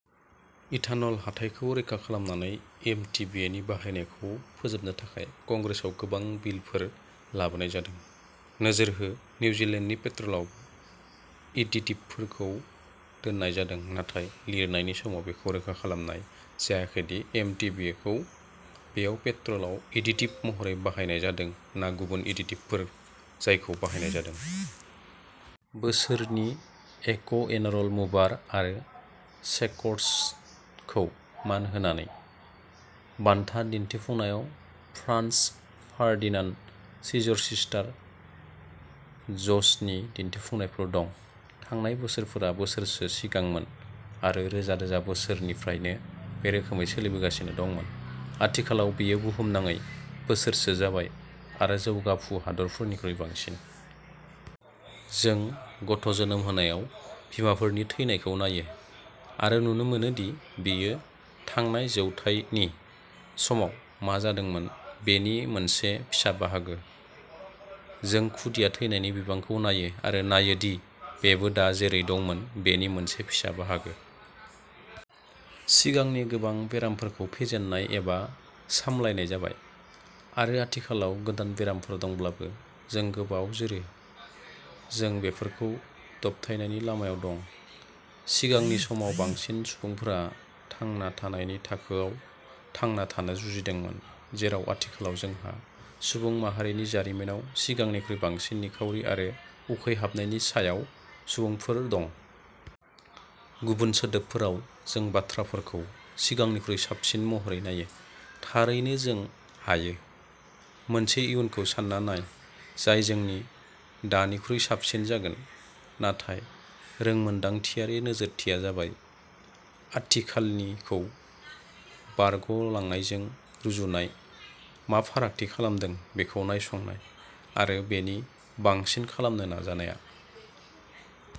Ethanol हाथाइखौ रैखा खालामनानै एमटिबिइनि बाहायनायखौ फोजोबनो थाखाय कंग्रेसआव गोबां बिलफोर लाबोनाय जादों। नोजोर हो;-निउजीलेन्डनि पेट्रलआवबो एडिटिभफोरखौ दोननाय जादों नाथाय लिरनायनि समाव बेखौ रोखा खालामनाय जायाखै दि एमटिबिइखौ बेयाव पेट्रलआव एडिटिभ महरै बाहायनाय जादों ना गुबुन एडिटिभफोर जायखौ बाहायनाय जादों। बोसोरनि रक'एन'र'ल मुभार आरो शेकर्सखौ मान होनानै, बान्था दिन्थिफुंनायाव फ्रानज फारदिनान्द, सिजर सिस्टार्स, ज'सनि दिन्थिफुंनायफोर दं। थांनाय बोसोरफोरा बोसोरसो सिगांमोन आरो रोजा रोजा बोसोरनिफ्रायनो बे रोखोमै सोलिबोगासिनो दंमोन। आथिखालाव बेयो बुहुमनाङै बोसोरसो जाबाय, आरो जौगाफु हादोरफोरनिख्रुइ बांसिन। जों गथ'जोनोम होनायाव बिमाफोरनि थैनायखौ नायो, आरो नुनो मोनो दि बेयो थांनाय जौथाइनि समाव मा जादोंमोन बेनि मोनसे फिसा बाहागो। जों खुदिया थैनायनि बिबांखौ नायो आरो नायोदि बेबो दा जेरै दंमोन बेनि मोनसे फिसा बाहागो। सिगांनि गोबां बेरामफोरखौ फेजेननाय एबा सामलायनाय जाबाय, आरो आथिखालाव गोदान बेरामफोर दंब्लाबो जों गोबाव जोरो, जों बेफोरखौ दबथायनायनि लामायाव दं। सिगांनि समाव बांसिन सुबुंफोरा थांना थानायनि थाखोआव थांना थानो जुजिदोंमोन, जेराव आथिखालाव जोंहा सुबुं माहारिनि जारिमिनाव सिगांनिख्रुइ बांसिन निखावरि आरो उखैहाबनायनि सायाव सुबुंफोर दं। गुबुन सोदोबफोराव जों बाथ्राफोरखौ सिगांनिख्रुइ साबसिन महरै नायो। थारैनो जों हायो। मोनसे इयुनखौ सानना नाय जाय जोंनि दानिख्रुइ साबसिन जागोन, नाथाय रोंमोन्दांथियारि नोजोरथिया जाबाय आथिखालनिखौ बारगलांनायजों रुजुनाय, मा फारागथि खालामदों बेखौ नायसंनाय, आरो बेनि बांसिन खालामनो नाजानाया।